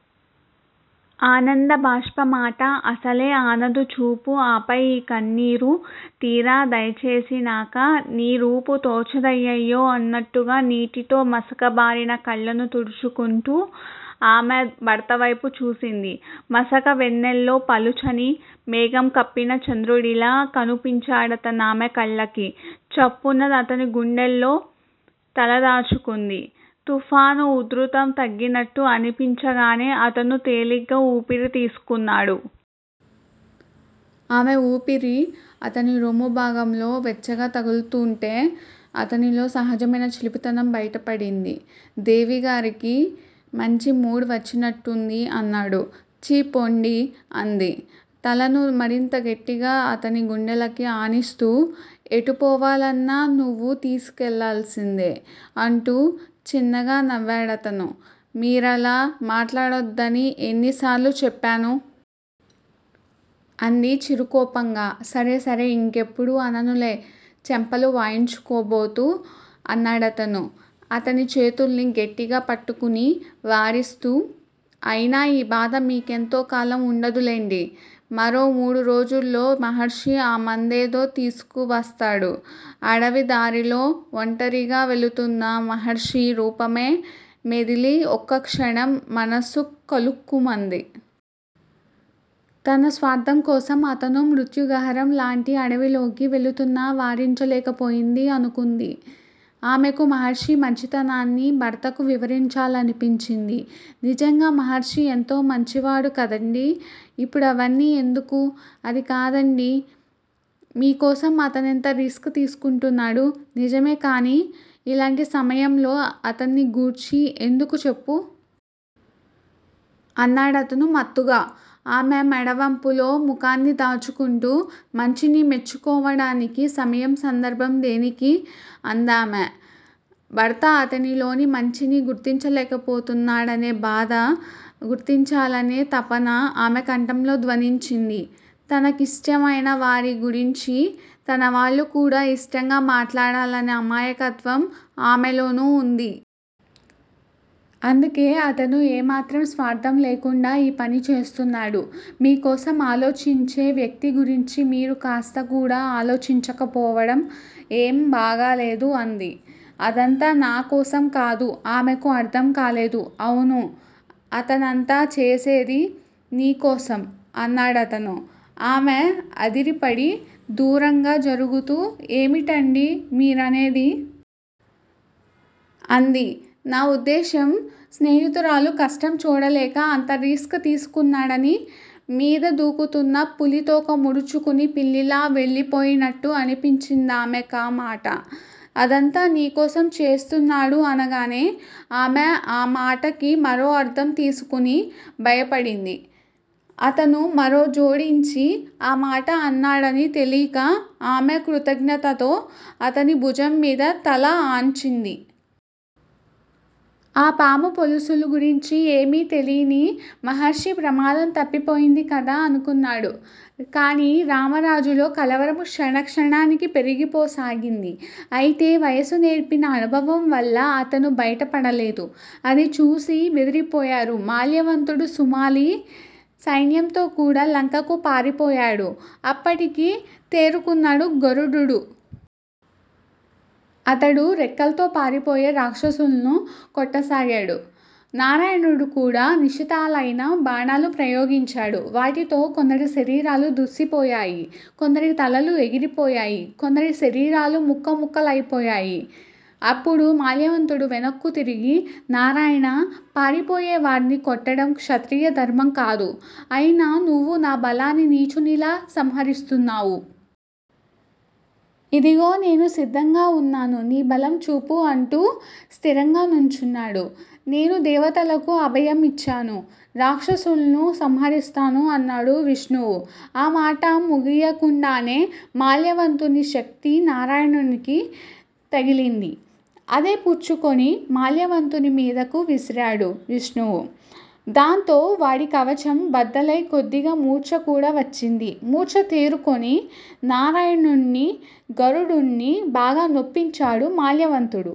ఆనందభాష్పమాట. అసలే ఆనదు చూపు ఆపై యీ కన్నీరు తీరా దయచేసినాక నీ రూపు తోచదయ్యయ్యో అన్నట్టుగా నీటితో మసకబారిన కళ్ళను తుడుచుకుంటూ ఆమె భర్తవైపు చూసింది. మసక వెన్నెల్లో పలుచని మేఘం కప్పిన చంద్రుడిలా కనుపించాడతనామె కళ్ళకి. చప్పున అతనిగుండెల్లో తల దాచుకుంది. తుఫాను ఉధృతం తగ్గినట్టు అనిపించగానే అతను తేలిగ్గా ఊపిరి తీసుకున్నాడు. ఆమె ఊపిరి అతనిరొమ్ము భాగంలో వెచ్చగా తగులుతూంటే అతనిలో సహజమైన చిలిపితనం బయటపడింది. దేవిగారికి మంచి మూడ్ వచ్చినట్టుంది అన్నాడు. ఛీ పొండి అంది. తలను మరింత గట్టిగా అతని గుండెలకి ఆనిస్తూ. ఎటు పోవాలన్నా నువ్వు తీసికెళ్ళాల్సిందే అంటూ చిన్నగా నవ్వాడతను. మీరలా మాట్లాడొద్దని ఎన్ని సార్లు చెప్పాను? అంది చిరుకోపంగా. సరే సరే. ఇంకెప్పుడూ అననులే చెంపలు వాయించుకోబోతూ అన్నాడతను. అతని చేతుల్ని గట్టిగా పట్టుకుని వారిస్తూ అయినా ఈ బాధ మీకెంతో కాలం ఉండదులెండి! మరో మూడు రోజుల్లో మహర్షి ఆ మందేదో తీసుకువస్తాడు. అడవి దారిలో ఒంటరిగా వెళుతున్న మహర్షి రూపమే మెదిలి ఒక్కక్షణం మనస్సు కలుక్కుమంది. తన స్వార్థం కోసం అతను మృత్యుగహరం లాంటి అడవిలోకి వెళుతున్నా వారించలేకపోయింది అనుకుంది. ఆమెకు మహర్షి మంచితనాన్ని భర్తకు వివరించాలనిపించింది. నిజంగా మహర్షి ఎంతో మంచివాడు కదండీ! ఇప్పుడవన్నీ ఎందుకు? అదికాదండీ మీకోసం అతనెంత రిస్క్ తీసుకుంటున్నాడు? నిజమే కాని ఇలాంటి సమయంలో అతన్ని గూర్చి ఎందుకు చెప్పు? అన్నాడతను మత్తుగా ఆమె మెడ వంపులో ముఖాన్ని దాచుకుంటూ. మంచిని మెచ్చుకోవడానికి సమయం సందర్భం దేనికి? అందామె. భర్త అతనిలోని మంచిని గుర్తించలేకపోతున్నాడనే బాధ గుర్తించాలనే తపన ఆమె కంఠంలో ధ్వనించింది. తన కిష్టమైనవారి గురించి తనవాళ్ళు కూడా ఇష్టంగా మాట్లాడాలనే అమాయకత్వం ఆమెలోనూ వుంది. అందుకే అతను ఏ మాత్రం స్వార్థం లేకుండా ఈ పని చేస్తున్నాడు. మీ కోసం ఆలోచించే వ్యక్తి గురించి మీరు కాస్త కూడా ఆలోచించకపోవడం ఏం బాగాలేదు అంది. అదంతా నా కోసం కాదు! ఆమెకు అర్థంకాలేదు. అవును. అతనంతా చేసేది నీకోసం! అన్నాడతను. ఆమె అదిరిపడి దూరంగా జరుగుతూ ఏమిటండీ మీరనేది? అంది. నా ఉద్దేశ్యం స్నేహితురాలు కష్టం చూడలేక అంత రిస్క్ తీసుకున్నాడని. మీద దూకుతున్న పులి తోక ముడుచుకుని పిల్లిలా వెళ్ళిపోయినట్టు అనిపించిందామెకా మాట. అదంతా నీకోసం చేస్తున్నాడు అనగానే ఆమె ఆ మాటకి మరో అర్థం తీసుకుని భయపడింది. అతను మరో జోడించి ఆ మాట అన్నాడని తెలీక ఆమె కృతజ్ఞతతో అతని భుజం మీద తల ఆన్చింది. ఆ పాము పొలుసులు గురించి ఏమీ తెలీని మహర్షి ప్రమాదం తప్పిపోయింది కదా అనుకున్నాడు. కానీ రామరాజులో కలవరం క్షణక్షణానికి పెరిగిపోసాగింది. అయితే వయసు నేర్పిన అనుభవం వల్ల అతను బయటపడలేదు. అది చూసి బెదిరిపోయారు మాల్యవంతుడు సుమాలి. సైన్యంతో కూడా లంకకు పారిపోయాడు. అప్పటికి తేరుకున్నాడు గరుడుడు. అతడు రెక్కల్తో పారిపోయే రాక్షసుల్ను కొట్టసాగాడు. నారాయణుడు కూడా నిశితాలైన బాణాలు ప్రయోగించాడు. వాటితో కొందరి శరీరాలు దుస్సిపోయాయి. కొందరి తలలు ఎగిరిపోయాయి. కొందరి శరీరాలు ముక్కముక్కలైపోయాయి. అప్పుడు మాల్యవంతుడు వెనక్కు తిరిగి నారాయణా! పారిపోయేవార్ని కొట్టడం క్షత్రియధర్మం కాదు. అయినా నువ్వు నాబలాన్ని నీచునిలా సంహరిస్తున్నావు. ఇదిగో నేను సిద్ధంగా వున్నాను. నీ బలం చూపు అంటూ స్థిరంగా నుంచున్నాడు. నేను దేవతలకు అభయం ఇచ్చాను. రాక్షసుల్ను సంహరిస్తాను అన్నాడు విష్ణువు. ఆ మాట ముగియకుండానే మాల్యవంతుని శక్తి నారాయణునికి తగిలింది. అదే పుచ్చుకొని మాల్యవంతుని మీదకు విసిరాడు విష్ణువు. దాంతో వాడి కవచం బద్దలై కొద్దిగా మూర్ఛకూడా వచ్చింది. మూర్ఛ తేరుకొని నారాయణుణ్ణీ గరుడుణ్ణీ బాగా నొప్పించాడు మాల్యవంతుడు.